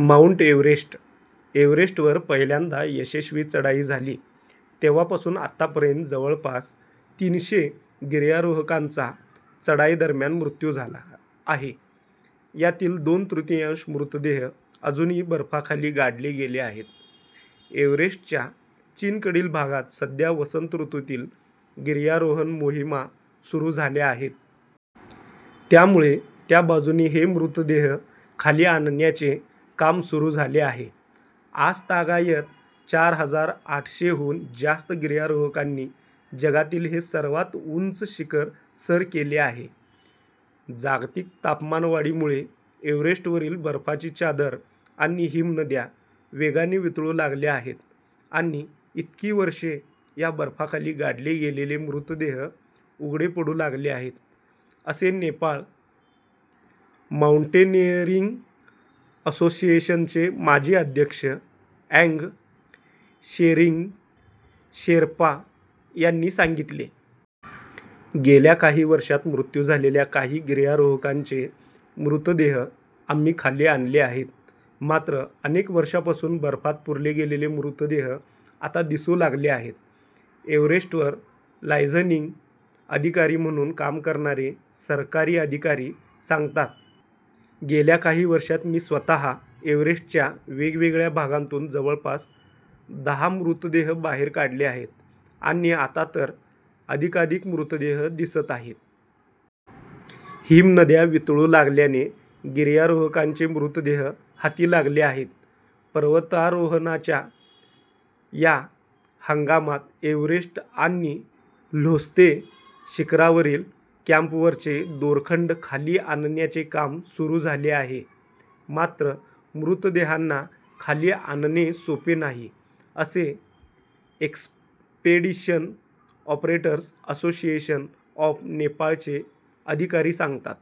Mount Everest - एव्हरेस्टवर पहिल्यांदा यशस्वी चढाई झाली तेव्हापासून आतापर्यंत जवळपास तीनशे गिर्यारोहकांचा चढाईदरम्यान मृत्यू झाला आहे. यातील दोन तृतीयांश मृतदेह अजूनही बर्फाखाली गाडले गेले आहेत. एव्हरेस्टच्या चीनकडील भागात सध्या वसंत ऋतूतील गिर्यारोहण मोहिमा सुरू झाल्या आहेत. त्यामुळे त्या बाजूने हे मृतदेह खाली आणण्याचे काम सुरू झाले आहे. आजतागायत चार हजार आठशेहून जास्त गिर्यारोहकांनी जगातील हे सर्वात उंच शिखर सर केले आहे. "जागतिक तापमानवाढीमुळे एव्हरेस्टवरील बर्फाची चादर आणि हिमनद्या वेगाने वितळू लागल्या आहेत आणि इतकी वर्षे या बर्फाखाली गाडले गेलेले मृतदेह उघडे पडू लागले आहेत", असे नेपाळ माउंटेनिअरिंग असोसिएशनचे माजी अध्यक्ष अँग शेरिंग शेर्पा यांनी सांगितले. "गेल्या काही वर्षांत मृत्यू झालेल्या काही गिर्यारोहकांचे मृतदेह आम्ही खाली आणले आहेत. मात्र अनेक वर्षांपासून बर्फात पुरले गेलेले मृतदेह आता दिसू लागले आहेत." एव्हरेस्टवर लायझनिंग अधिकारी म्हणून काम करणारे सरकारी अधिकारी सांगतात, "गेल्या काही वर्षांत मी स्वतः एव्हरेस्टच्या वेगवेगळ्या भागांतून जवळपास दहा मृतदेह बाहेर काढले आहेत आणि आता तर अधिकाधिक मृतदेह दिसत आहेत." हिमनद्या वितळू लागल्याने गिर्यारोहकांचे मृतदेह हाती लागले आहेत. पर्वतारोहणाच्या या हंगामात एव्हरेस्ट आणि ल्होत्से शिखरावरील कॅम्पवरचे दोरखंड खाली आणण्याचे काम सुरू झाले आहे. मात्र मृतदेहांना खाली आणणे सोपे नाही, असे एक्सपेडिशन ऑपरेटर्स असोसिएशन ऑफ नेपाळचे अधिकारी सांगतात.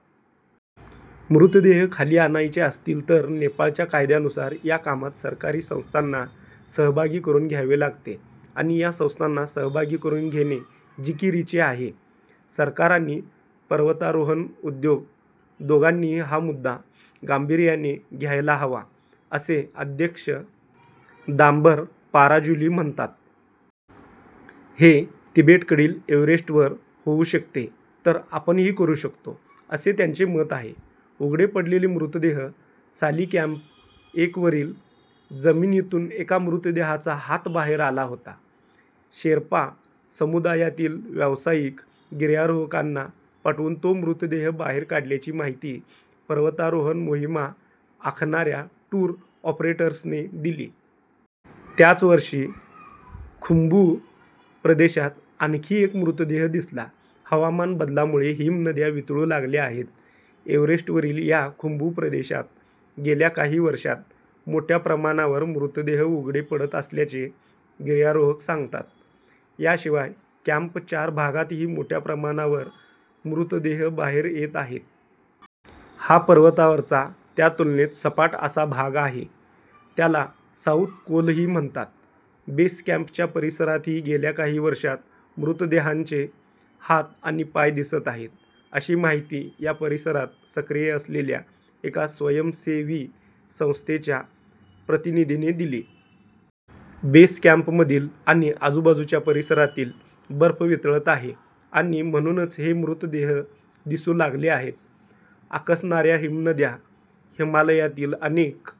मृतदेह खाली आणायचे असतील तर नेपाळच्या कायद्यानुसार या कामात सरकारी संस्थांना सहभागी करून घ्यावे लागते आणि या संस्थांना सहभागी करून घेणे जिकिरीचे आहे. "सरकार आणि पर्वतारोहण उद्योग दोघांनीही हा मुद्दा गांभीर्याने घ्यायला हवा", असे अध्यक्ष दाम्बर पाराज्युली म्हणतात. "हे तिबेटकडील एव्हरेस्टवर होऊ शकते तर आपणही करू शकतो", असे त्यांचे मत आहे. उघडे पडलेले मृतदेह - साली कॅम्प एकवरील जमिनीतून एका मृतदेहाचा हात बाहेर आला होता. शेर्पा समुदायातील व्यावसायिक गिर्यारोहकांना पाठवून तो मृतदेह बाहेर काढल्याची माहिती पर्वतारोहण मोहिमा आखणाऱ्या टूर ऑपरेटर्सने दिली. त्याच वर्षी खुंबू प्रदेशात आणखी एक मृतदेह दिसला. हवामान बदलामुळे हिमनद्या वितळू लागल्या आहेत. एव्हरेस्टवरील या खुंबू प्रदेशात गेल्या काही वर्षांत मोठ्या प्रमाणावर मृतदेह उघडे पडत असल्याचे गिर्यारोहक सांगतात. याशिवाय कॅम्प चार भागातही मोठ्या प्रमाणावर मृतदेह बाहेर येत आहेत. हा पर्वतावरचा त्या तुलनेत सपाट असा भाग आहे. त्याला साऊथ कोलही म्हणतात. "बेस कॅम्पच्या परिसरातही गेल्या काही वर्षांत मृतदेहांचे हात आणि पाय दिसत आहेत", अशी माहिती या परिसरात सक्रिय असलेल्या एका स्वयंसेवी संस्थेच्या प्रतिनिधीने दिली. "बेस कॅम्पमधील आणि आजूबाजूच्या परिसरातील बर्फ वितळत आहे आणि म्हणूनच हे मृतदेह दिसू लागले आहेत." आकसणाऱ्या हिमनद्या - हिमालयातील अनेक